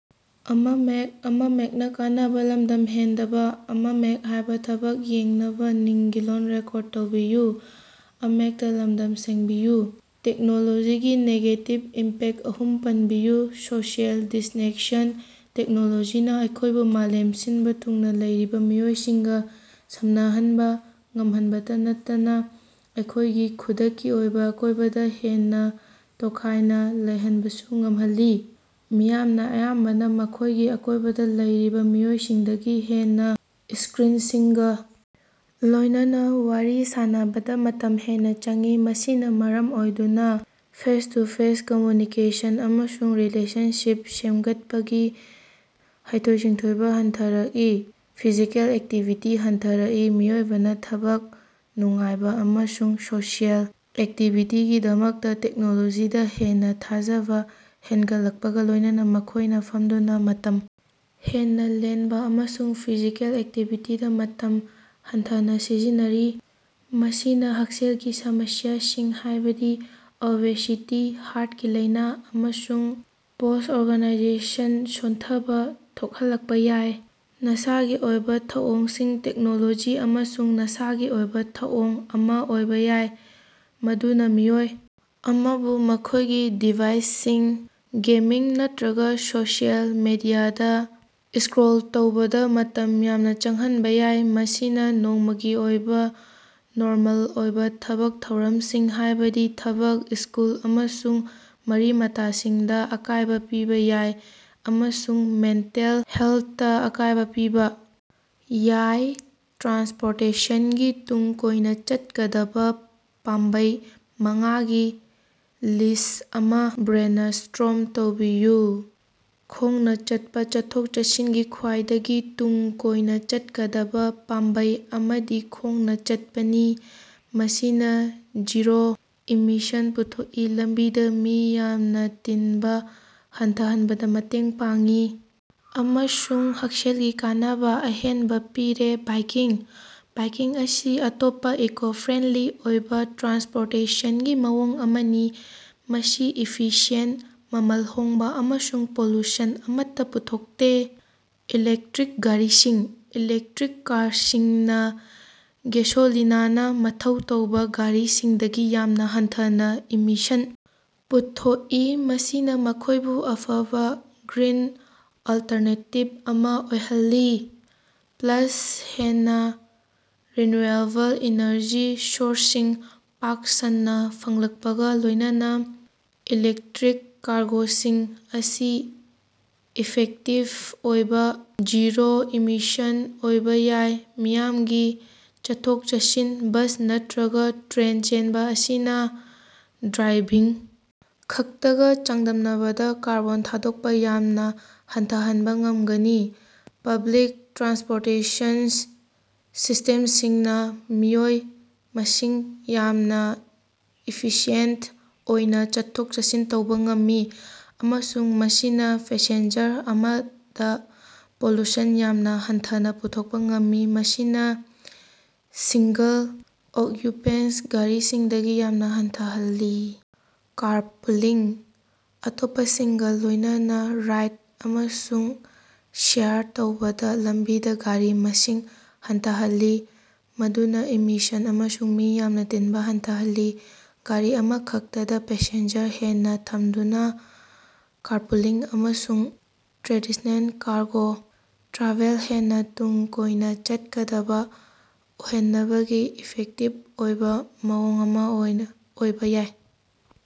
ꯇꯦꯛꯅꯣꯂꯣꯖꯤꯒꯤ negative impact ꯑꯍꯨꯝ ꯄꯟꯕꯤꯌꯨ꯫ ꯁꯣꯁꯤꯑꯦꯜ ꯗꯤꯁꯛꯅꯦꯛꯁꯟ: ꯇꯦꯛꯅꯣꯂꯣꯖꯤꯅ ꯑꯩꯈꯣꯏꯕꯨ ꯃꯥꯂꯦꯝ ꯁꯤꯟꯕ ꯊꯨꯡꯅ ꯂꯩꯔꯤꯕ ꯃꯤꯑꯣꯏꯁꯤꯡꯒ ꯁꯝꯅꯍꯟꯕ ꯉꯝꯍꯟꯕꯇ ꯅꯠꯇꯅ ꯑꯩꯈꯣꯏꯒꯤ ꯈꯨꯗꯛꯀꯤ ꯑꯣꯏꯕ ꯑꯀꯣꯏꯕꯗ ꯍꯦꯟꯅ ꯇꯣꯈꯥꯏꯅ ꯂꯩꯍꯟꯕꯁꯨ ꯉꯝꯍꯜꯂꯦ꯫ ꯃꯤꯌꯥꯝꯅ ꯑꯌꯥꯝꯕꯅ ꯃꯈꯣꯏꯒꯤ ꯑꯀꯣꯏꯕꯗ ꯂꯩꯔꯤꯕ ꯃꯤꯑꯣꯏꯁꯤꯡꯗꯒꯤ ꯍꯦꯟꯅ ꯁ꯭ꯀꯔꯤꯟꯁꯤꯡꯒ ꯂꯣꯏꯅꯅ ꯋꯥꯔꯤ ꯁꯥꯅꯕꯗ ꯃꯇꯝ ꯍꯦꯟꯅ ꯆꯪꯏ꯫ ꯃꯁꯤꯅ ꯃꯔꯝ ꯑꯣꯏꯗꯨꯅ ꯐꯦꯁ-ꯇꯨ-ꯐꯦꯁ ꯀꯝꯃ꯭ꯌꯨꯅꯤꯀꯦꯁꯟ ꯑꯃꯁꯨꯡ ꯔꯤꯂꯦꯁꯟꯁꯤꯞ ꯁꯦꯝꯒꯠꯄꯒꯤ ꯍꯩꯊꯣꯏ-ꯁꯤꯡꯊꯣꯏꯕ ꯍꯟꯊꯔꯛꯏ꯫ ꯐꯤꯖꯤꯀꯦꯜ ꯑꯦꯛꯇꯤꯚꯤꯇꯤ ꯍꯟꯊꯔꯛꯄ: ꯃꯤꯑꯣꯏꯕꯅ ꯊꯕꯛ, ꯅꯨꯡꯉꯥꯏꯕ ꯑꯃꯁꯨꯡ ꯁꯣꯁꯤꯑꯦꯜ ꯑꯦꯛꯇꯤꯚꯤꯇꯤꯒꯤꯗꯃꯛꯇ ꯇꯦꯛꯅꯣꯂꯣꯖꯤꯗ ꯍꯦꯟꯅ ꯊꯥꯖꯕ ꯍꯦꯟꯒꯠꯂꯛꯄꯒ ꯂꯣꯏꯅꯅ ꯃꯈꯣꯢꯅ ꯐꯝꯗꯨꯅ ꯃꯇꯝ ꯍꯦꯟꯅ ꯂꯦꯟꯕ ꯑꯃꯁꯨꯡ ꯐꯤꯖꯤꯀꯦꯜ ꯑꯦꯛꯇꯤꯚꯤꯇꯤꯗ ꯃꯇꯝ ꯍꯟꯊꯅ ꯁꯤꯖꯤꯟꯅꯔꯤ꯫ ꯃꯁꯤꯅ ꯍꯛꯁꯦꯜꯒꯤ ꯁꯃꯁ꯭ꯌꯥꯁꯤꯡ, ꯍꯥꯏꯕꯗꯤ ꯑꯣꯕꯦꯁꯤꯇꯤ, ꯍꯥꯔꯇꯀꯤ ꯂꯥꯏꯅꯥ, ꯑꯃꯁꯨꯡ ꯄꯣꯁ꯭ꯠ-ꯑꯣꯔꯒꯥꯅꯥꯏꯖꯦꯁꯟ ꯁꯣꯟꯊꯕ ꯊꯣꯛꯍꯜꯂꯛꯄ ꯌꯥꯏ꯫ ꯅꯁꯥꯒꯤ ꯑꯣꯏꯕ ꯊꯧꯑꯣꯡꯁꯤꯡ: ꯇꯦꯛꯅꯣꯂꯣꯖꯤ ꯑꯃꯁꯨꯡ ꯅꯁꯥꯒꯤ ꯑꯣꯏꯕ ꯊꯧꯑꯣꯡ ꯑꯃ ꯑꯣꯏꯕ ꯌꯥꯏ꯫ ꯃꯗꯨꯅ ꯃꯤꯑꯣꯏ ꯑꯃꯕꯨ ꯃꯈꯣꯏꯒꯤ ꯗꯤꯚꯥꯏꯁꯁꯤꯡ, ꯒꯦꯃꯤꯡ ꯅꯠꯇ꯭ꯔꯒ ꯁꯣꯁꯤꯑꯦꯜ ꯃꯦꯗꯤꯌꯥꯗꯥ ꯁ꯭ꯀꯔꯣꯜ ꯇꯧꯕꯗ ꯃꯇꯝ ꯌꯥꯝꯅ ꯆꯪꯍꯟꯕ ꯌꯥꯏ꯫ ꯃꯁꯤꯅ ꯅꯣꯡꯃꯒꯤ ꯑꯣꯏꯕ ꯅꯣꯔꯃꯦꯜ ꯑꯣꯏꯕ ꯊꯕꯛ ꯊꯧꯔꯝꯁꯤꯡ, ꯍꯥꯏꯕꯗꯤ ꯊꯕꯛ, ꯁ꯭ꯀꯨꯜ, ꯑꯃꯁꯨꯡ ꯃꯔꯤ-ꯃꯇꯥꯁꯤꯡꯗꯥ ꯑꯀꯥꯏꯕ ꯄꯤꯕ ꯌꯥꯏ ꯑꯃꯁꯨꯡ ꯃꯦꯟꯇꯦꯜ ꯍꯦꯂꯊꯇ ꯑꯀꯥꯏꯕ ꯄꯤꯕ ꯌꯥꯏ꯫ ꯇ꯭ꯔꯥꯟꯁꯄꯣꯔꯇꯦꯁꯟꯒꯤ ꯇꯨꯡ ꯀꯣꯏꯅ ꯆꯠꯀꯗꯕ ꯄꯥꯝꯕꯩ ꯃꯉꯥꯒꯤ ꯂꯤꯁ꯭ꯠ ꯑꯃ ꯕ꯭ꯔꯦꯅꯁ꯭ꯇꯣꯔꯝ ꯇꯧꯕꯤꯌꯨ꯫ ꯈꯣꯡꯅ ꯆꯠꯄ: ꯆꯠꯊꯣꯛ-ꯆꯠꯁꯤꯟꯒꯤ ꯈ꯭ꯋꯥꯏꯗꯒꯤ ꯇꯨꯡ ꯀꯣꯏꯅ ꯆꯠꯀꯗꯕ ꯄꯥꯝꯕꯩ ꯑꯃꯗꯤ ꯈꯣꯡꯅꯥ ꯆꯠꯄꯅꯤ꯫ ꯃꯁꯤꯅ ꯖꯤꯔꯣ ꯏꯃꯤꯁꯟ ꯄꯨꯊꯣꯛꯏ, ꯂꯝꯕꯤꯗ ꯃꯤ ꯌꯥꯝꯅ ꯇꯤꯟꯕ ꯍꯟꯊꯍꯟꯕꯗ ꯃꯇꯦꯡ ꯄꯥꯡꯏ ꯫ꯑꯃꯁꯨꯡ ꯍꯛꯁꯦꯜꯒꯤ ꯀꯥꯟꯅꯕ ꯑꯍꯦꯟꯕ ꯄꯤꯔꯦ꯫ ꯕꯥꯏꯀꯤꯡ: ꯕꯥꯏꯀꯤꯡ ꯑꯁꯤ ꯑꯇꯣꯞꯄ ꯏꯀꯣ-ꯐ꯭ꯔꯦꯟꯗꯂꯤ ꯑꯣꯏꯕ ꯇ꯭ꯔꯥꯟꯁꯄꯣꯔꯇꯦꯁꯟꯒꯤ ꯃꯑꯣꯡ ꯑꯃꯅꯤ꯫ ꯃꯁꯤ ꯏꯐꯤꯁꯤꯌꯦꯟꯇ, ꯃꯃꯜ ꯍꯣꯡꯕ ꯑꯃꯁꯨꯡ ꯄꯣꯂꯨꯁꯟ ꯑꯃꯠꯇ ꯄꯨꯊꯣꯛꯇꯦ꯫ ꯏꯂꯦꯛꯇ꯭ꯔꯤꯛ ꯒꯥꯔꯤꯁꯤꯡ: ꯏꯂꯦꯛꯇ꯭ꯔꯤꯛ ꯀꯥꯔꯁꯤꯡꯅ ꯒꯦꯁꯣꯂꯤꯅꯅꯥ ꯃꯊꯧ ꯇꯧꯕ ꯒꯥꯔꯤꯁꯤꯡꯗꯒꯤ ꯌꯥꯝꯅ ꯍꯟꯊꯅ ꯏꯃꯤꯁꯟ ꯄꯨꯊꯣꯛꯏ꯫ ꯃꯁꯤꯅ ꯃꯈꯣꯏꯕꯨ ꯑꯐꯕ ꯒ꯭ꯔꯤꯟ ꯑꯣꯜꯇꯔꯅꯦꯇꯤꯕ ꯑꯃ ꯑꯣꯏꯍꯜꯂꯤ꯫ ꯄ꯭ꯂꯁ, ꯍꯦꯟꯅ ꯔꯤꯟꯌꯨꯑꯦꯕꯜ ꯏꯅꯔꯖꯤ ꯁꯣꯔꯁꯁꯤꯡ ꯄꯥꯛ ꯁꯟꯅ ꯐꯪꯂꯛꯄꯒ ꯂꯣꯏꯅꯅ ꯏꯂꯦꯛꯇ꯭ꯔꯤꯛ ꯀꯥꯔꯒꯣꯁꯤꯡ ꯑꯁꯤ ꯏꯐꯦꯛꯇꯤꯕ ꯑꯣꯏꯅ ꯖꯤꯔꯣ-ꯏꯃꯤꯁꯟ ꯑꯣꯏꯕ ꯌꯥꯏ꯫ ꯃꯤꯌꯥꯝꯒꯤ ꯆꯠꯊꯣꯛ-ꯆꯠꯁꯤꯟ: ꯕꯁ ꯅꯠꯇ꯭ꯔꯒ ꯇ꯭ꯔꯦꯟ ꯆꯦꯟꯕ ꯑꯁꯤꯅ ꯗ꯭ꯔꯥꯏꯚꯤꯡ ꯈꯛꯇꯒ ꯆꯥꯡꯗꯝꯅꯕꯗ ꯀꯥꯔꯕꯣꯟ ꯊꯥꯗꯣꯛꯄꯥ ꯌꯥꯝꯅ ꯍꯟꯊꯍꯟꯕ ꯉꯝꯒꯅꯤ꯫ ꯄꯕ꯭ꯂꯤꯛ ꯇ꯭ꯔꯥꯟꯁꯄꯣꯔꯇꯦꯁꯟ ꯁꯤꯁ꯭ꯇꯦꯝꯁꯤꯡꯅ ꯃꯤꯑꯣꯏ ꯃꯁꯤꯡ ꯌꯥꯝꯅ ꯏꯐꯤꯁꯤꯑꯦꯟꯇ ꯑꯣꯏꯅ ꯆꯠꯊꯣꯛ-ꯆꯠꯁꯤꯟ ꯇꯧꯕ ꯉꯝꯃꯤ ꯫ ꯑꯃꯁꯨꯡ ꯃꯁꯤꯅ ꯄꯦꯁꯦꯟꯖꯔ ꯑꯃꯗ ꯄꯣꯂꯨꯁꯟ ꯌꯥꯝꯅ ꯍꯟꯊꯅ ꯄꯨꯊꯣꯛꯄ ꯉꯝꯃꯤ꯫ ꯃꯁꯤꯅ ꯁꯤꯡꯒꯜ-ꯑꯣꯛꯌꯨꯄꯦꯟꯁꯤ ꯒꯥꯔꯤꯁꯤꯡꯗꯒꯤ ꯌꯥꯝꯅ ꯍꯟꯊꯍꯜꯂꯤ꯫ ꯀꯥꯔꯄꯨꯂꯤꯡ: ꯑꯇꯣꯞꯄꯁꯤꯡꯒ ꯂꯣꯏꯅꯅ ꯔꯥꯏꯗ ꯑꯃꯁꯨꯡ ꯁꯦꯌꯔ ꯇꯧꯕꯅ ꯂꯝꯕꯤꯗ ꯒꯥꯔꯤ ꯃꯁꯤꯡ ꯍꯟꯊꯍꯜꯂꯤ꯫ ꯃꯗꯨꯅ ꯏꯃꯤꯁꯟ ꯑꯃꯁꯨꯡ ꯃꯤ ꯌꯥꯝꯅ ꯇꯤꯟꯕ ꯍꯟꯊꯍꯜꯂꯤ꯫ ꯒꯥꯔꯤ ꯑꯃꯈꯛꯇꯗ ꯄꯦꯁꯦꯟꯖꯔ ꯍꯦꯟꯅ ꯊꯝꯗꯨꯅ, ꯀꯥꯔꯄꯨꯂꯤꯡ ꯑꯁꯤ ꯇ꯭ꯔꯦꯗꯤꯁ꯭ꯅꯦꯜ ꯀꯥꯔꯒꯣ ꯇ꯭ꯔꯥꯚꯦꯜ ꯍꯦꯟꯅ ꯇꯨꯡ ꯀꯣꯏꯅ ꯆꯠꯀꯗꯕ ꯑꯣꯏꯍꯟꯅꯕꯒꯤ ꯏꯐꯦꯛꯇꯤꯕ ꯑꯣꯏꯕ ꯃꯑꯣꯡ ꯑꯃ ꯑꯣꯏꯕ ꯌꯥꯏ꯫